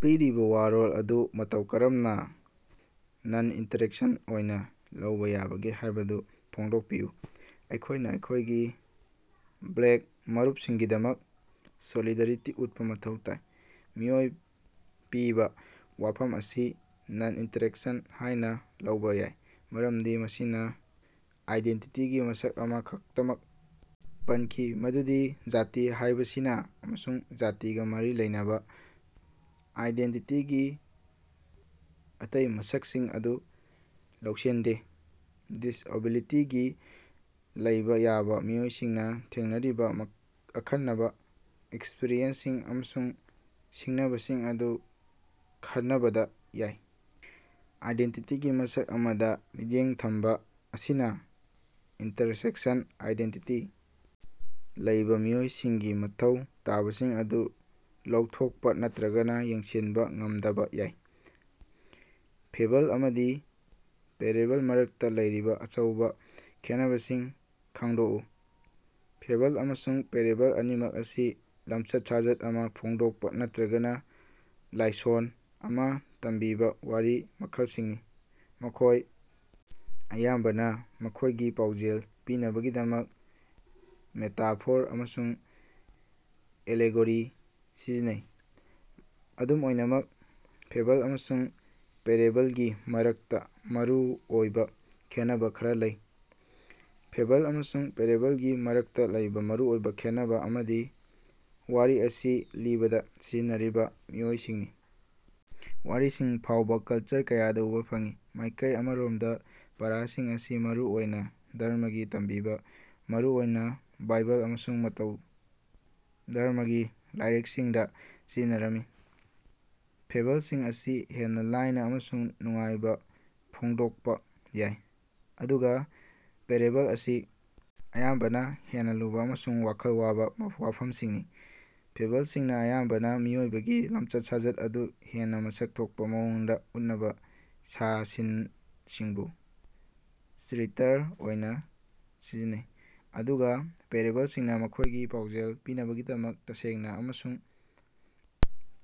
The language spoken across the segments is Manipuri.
ꯄꯤꯔꯤꯕꯥ ꯋꯥꯔꯣꯜ ꯑꯗꯨ ꯃꯇꯧ ꯀꯔꯝꯅꯥ ꯅꯟ-ꯏꯟꯇꯔꯁꯦꯛꯁꯟ ꯑꯣꯏꯅꯥ ꯂꯧꯕꯥ ꯌꯥꯕꯒꯦ ꯍꯥꯏꯕꯗꯨ ꯐꯣꯡꯗꯣꯛꯄꯤꯌꯨ꯫ ꯑꯩꯈꯣꯏꯅꯥ ꯑꯩꯈꯣꯏꯒꯤ ꯕ꯭ꯂꯦꯛ ꯃꯔꯨꯞꯁꯤꯡꯒꯤꯗꯃꯛ ꯁꯣꯂꯤꯗꯥꯔꯤꯇꯤ ꯎꯠꯄꯥ ꯃꯊꯧ ꯇꯥꯏ꯫ ꯃꯤꯑꯣꯏ ꯄꯤꯕꯥ ꯋꯥꯐꯝ ꯑꯁꯤ ꯅꯟ-ꯏꯟꯇꯔꯁꯦꯛꯁꯟ ꯍꯥꯏꯅꯥ ꯂꯧꯕꯥ ꯌꯥꯏ ꯃꯔꯝꯗꯤ ꯃꯁꯤꯅꯥ ꯑꯥꯏꯗꯦꯟꯇꯤꯇꯤꯒꯤ ꯃꯁꯛ ꯑꯃꯥ ꯈꯛꯇꯃꯛ ꯄꯟꯈꯤ, ꯃꯗꯨꯗꯤ ꯖꯥꯇꯤ ꯍꯥꯏꯕꯁꯤꯅꯤ ꯑꯃꯁꯨꯡ ꯖꯥꯇꯤꯒꯥ ꯃꯔꯤ ꯂꯩꯅꯕꯥ ꯑꯥꯏꯗꯦꯟꯇꯤꯇꯤꯒꯤ ꯑꯇꯩ ꯃꯁꯛꯁꯤꯡ ꯑꯗꯨ ꯂꯧꯁꯤꯟꯗꯦ꯫ ꯗꯤꯁꯑꯦꯕꯤꯂꯤꯇꯤ ꯂꯩꯕꯥ ꯌꯥꯕꯥ ꯃꯤꯑꯣꯏꯁꯤꯡꯅꯥ ꯊꯦꯡꯅꯔꯤꯕꯥ ꯑꯈꯟꯅꯕꯥ ꯑꯦꯛꯁꯄ꯭ꯔꯤꯌꯦꯟꯁꯁꯤꯡ ꯑꯃꯁꯨꯡ ꯁꯤꯡꯅꯕꯁꯤꯡ ꯑꯗꯨ ꯈꯟꯅꯕꯗ ꯌꯥꯏ꯫ ꯑꯥꯏꯗꯦꯟꯇꯤꯇꯤꯒꯤ ꯃꯁꯛ ꯑꯃꯗꯥ ꯃꯤꯠꯌꯦꯡ ꯊꯝꯕꯥ ꯑꯁꯤꯅꯥ ꯏꯟꯇꯔꯁꯦꯛꯁꯟ ꯑꯥꯏꯗꯦꯟꯇꯤꯇꯤ ꯂꯩꯕꯥ ꯃꯤꯑꯣꯏꯁꯤꯡꯒꯤ ꯃꯊꯧ ꯇꯥꯕꯁꯤꯡ ꯑꯗꯨ ꯂꯧꯊꯣꯛꯄꯥ ꯅꯠꯇ꯭ꯔꯒꯥ ꯌꯦꯡꯁꯤꯟꯕꯥ ꯉꯝꯗꯕꯥ ꯌꯥꯏ꯫ ꯐꯦꯕꯜ ꯑꯃꯗꯤ ꯄꯦꯔꯦꯕꯜ ꯃꯔꯛꯇꯥ ꯂꯩꯔꯤꯕꯥ ꯑꯆꯧꯕꯥ ꯈꯦꯠꯅꯕꯁꯤꯡ ꯈꯪꯗꯣꯛꯎ꯫ ꯐꯦꯕꯜ ꯑꯃꯁꯨꯡ ꯄꯦꯔꯦꯕꯜ ꯑꯅꯤꯃꯛ ꯑꯁꯤ ꯂꯝꯆꯠ-ꯁꯥꯖꯠ ꯑꯃꯥ ꯐꯣꯡꯗꯣꯛꯄꯥ ꯅꯠꯇ꯭ꯔꯒꯥ ꯂꯥꯏꯁꯣꯟ ꯑꯃꯥ ꯇꯝꯕꯤꯕꯥ ꯋꯥꯔꯤ ꯃꯈꯜꯁꯤꯡꯅꯤ꯫ ꯃꯈꯣꯏ ꯑꯌꯥꯝꯕꯅꯥ ꯃꯈꯣꯏꯒꯤ ꯄꯥꯎꯖꯦꯜ ꯄꯤꯅꯕꯒꯤꯗꯃꯛ ꯃꯦꯇꯥꯐꯣꯔ ꯑꯃꯁꯨꯡ ꯑꯦꯂꯦꯒꯣꯔꯤ ꯁꯤꯖꯤꯟꯅꯩ꯫ ꯑꯗꯨꯝ ꯑꯣꯏꯅꯃꯛ, ꯐꯦꯕꯜ ꯑꯃꯁꯨꯡ ꯄꯦꯔꯦꯕꯜꯒꯤ ꯃꯔꯛꯇꯥ ꯃꯔꯨ ꯑꯣꯏꯕꯥ ꯈꯦꯟꯅꯕꯥ ꯈꯔꯥ ꯂꯩ: ꯐꯦꯕꯜ ꯑꯃꯁꯨꯡ ꯄꯦꯔꯦꯕꯜꯒꯤ ꯃꯔꯛꯇꯥ ꯂꯩꯕꯥ ꯃꯔꯨ ꯑꯣꯏꯕꯥ ꯈꯦꯠꯅꯕꯥ ꯑꯃꯗꯤ ꯋꯥꯔꯤ ꯑꯁꯤ ꯂꯤꯕꯗꯥ ꯁꯤꯖꯤꯟꯅꯔꯤꯕꯥ ꯃꯤꯑꯣꯏꯁꯤꯡꯅꯤ꯫ ꯋꯥꯔꯤꯁꯤꯡ ꯐꯥꯎꯕꯥ ꯀꯜꯆꯔ ꯀꯌꯥꯗꯥ ꯎꯕꯥ ꯐꯪꯏ꯫ ꯃꯥꯏꯀꯩ ꯑꯃꯔꯣꯝꯗꯥ ꯄꯥꯔꯥꯁꯤꯡ ꯑꯁꯤ ꯃꯔꯨ ꯑꯣꯏꯅꯥ ꯙꯔꯃꯒꯤ ꯇꯝꯕꯤꯕꯥ, ꯃꯔꯨ ꯑꯣꯏꯅꯥ ꯕꯥꯏꯕꯜ ꯑꯃꯁꯨꯡ ꯃꯇꯧ ꯙꯔꯃꯒꯤ ꯂꯥꯏꯔꯤꯛꯁꯤꯡꯗꯥ ꯁꯤꯖꯤꯟꯅꯔꯝꯃꯤ꯫ ꯐꯦꯕꯜꯁꯤꯡ ꯑꯁꯤ ꯍꯦꯟꯅꯥ ꯂꯥꯏꯅꯥ ꯑꯃꯁꯨꯡ ꯅꯨꯡꯉꯥꯏꯕꯥ ꯐꯣꯡꯗꯣꯛꯄꯥ ꯌꯥꯏ, ꯑꯗꯨꯒꯥ ꯄꯦꯔꯦꯕꯜꯁꯤꯡ ꯑꯁꯤ ꯑꯌꯥꯝꯕꯅꯥ ꯍꯦꯟꯅꯥ ꯂꯨꯕꯥ ꯑꯃꯁꯨꯡ ꯋꯥꯈꯜ ꯋꯥꯕꯥ ꯋꯥꯐꯝꯁꯤꯡꯅꯤ꯫ ꯐꯦꯕꯜꯁꯤꯡꯅꯥ ꯑꯌꯥꯝꯕꯅꯥ ꯃꯤꯑꯣꯏꯕꯒꯤ ꯂꯝꯆꯠ-ꯁꯥꯖꯠ ꯑꯗꯨ ꯍꯦꯟꯅꯥ ꯃꯁꯛ ꯊꯣꯛꯄꯥ ꯃꯑꯣꯡꯗꯥ ꯎꯠꯅꯕꯥ ꯁꯥ-ꯁꯟꯁꯤꯡꯕꯨ ꯆꯔꯤꯇ꯭ꯔ ꯑꯣꯏꯅꯥ ꯁꯤꯖꯤꯟꯅꯩ, ꯑꯗꯨꯒꯥ ꯄꯦꯔꯦꯕꯜꯁꯤꯡꯅꯥ ꯃꯈꯣꯏꯒꯤ ꯄꯥꯎꯖꯦꯜ ꯄꯤꯅꯕꯒꯤꯗꯃꯛ ꯇꯁꯦꯡꯅꯥ ꯑꯃꯁꯨꯡ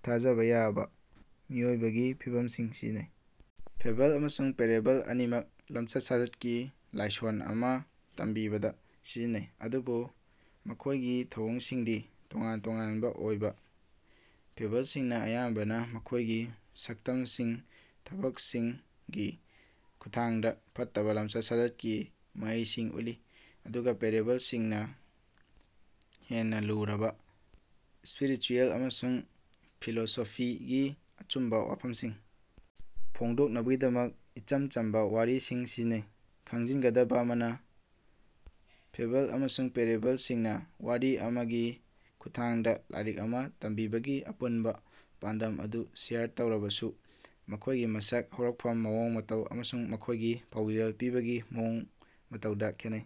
ꯊꯥꯖꯕꯥ ꯌꯥꯕꯥ ꯃꯤꯑꯣꯏꯕꯒꯤ ꯐꯤꯚꯝꯁꯤꯡ ꯁꯤꯖꯤꯟꯅꯩ꯫ ꯐꯦꯕꯜ ꯑꯃꯁꯨꯡ ꯄꯦꯔꯦꯕꯜ ꯑꯅꯤꯃꯛ ꯂꯝꯆꯠ-ꯁꯥꯖꯠꯀꯤ ꯂꯥꯏꯁꯣꯟ ꯑꯃꯥ ꯇꯝꯕꯤꯕꯗꯥ ꯁꯤꯖꯤꯟꯅꯩ, ꯑꯗꯨꯕꯨ ꯃꯈꯣꯏꯒꯤ ꯊꯧꯑꯣꯡꯁꯤꯡꯗꯤ ꯇꯣꯉꯥꯟ-ꯇꯣꯉꯥꯟꯕꯥ ꯑꯣꯏ꯫ ꯐꯦꯕꯜꯁꯤꯡꯅꯥ ꯑꯌꯥꯝꯕꯅꯥ ꯃꯈꯣꯏꯒꯤ ꯁꯛꯇꯝꯁꯤꯡ ꯊꯕꯛꯁꯤꯡꯒꯤ ꯈꯨꯠꯊꯥꯡꯗꯥ ꯐꯠꯇꯕꯥ ꯂꯝꯆꯠ-ꯁꯥꯖꯠꯀꯤ ꯃꯍꯩꯁꯤꯡ ꯎꯠꯂꯤ, ꯑꯗꯨꯒꯥ ꯄꯦꯔꯦꯕꯜꯁꯤꯡꯅꯥ ꯍꯦꯟꯅꯥ ꯂꯨꯔꯕꯥ ꯁ꯭ꯄꯤꯔꯤꯆꯨꯌꯦꯜ ꯑꯃꯁꯨꯡ ꯐꯤꯂꯣꯁꯣꯐꯤꯒꯤ ꯑꯆꯨꯝꯕꯥ ꯋꯥꯐꯝꯁꯤꯡ ꯐꯣꯡꯗꯣꯛꯅꯕꯒꯤꯗꯃꯛ ꯏꯆꯝ ꯆꯝꯕꯥ ꯋꯥꯔꯤꯁꯤꯡ ꯁꯤꯖꯤꯟꯅꯩ꯫ ꯈꯪꯖꯤꯟꯒꯗꯕꯥ ꯑꯃꯅꯥ, ꯐꯦꯕꯜ ꯑꯃꯁꯨꯡ ꯄꯦꯔꯦꯕꯜꯁꯤꯡꯅꯥ ꯋꯥꯔꯤ ꯑꯃꯒꯤ ꯈꯨꯠꯊꯥꯡꯗꯥ ꯂꯥꯏꯔꯤꯛ ꯑꯃꯥ ꯇꯝꯕꯤꯕꯒꯤ ꯑꯄꯨꯟꯕꯥ ꯄꯥꯟꯗꯝ ꯑꯗꯨ ꯁꯦꯌꯔ ꯇꯧꯔꯕꯁꯨ, ꯃꯈꯣꯏꯒꯤ ꯃꯁꯛ, ꯍꯧꯔꯛꯐꯝ, ꯃꯑꯣꯡ ꯃꯇꯧ ꯑꯃꯁꯨꯡ ꯃꯈꯣꯏꯒꯤ ꯄꯥꯎꯖꯦꯜ ꯄꯤꯕꯒꯤ ꯃꯑꯣꯡ ꯃꯇꯧꯗꯥ ꯈꯦꯠꯅꯩ꯫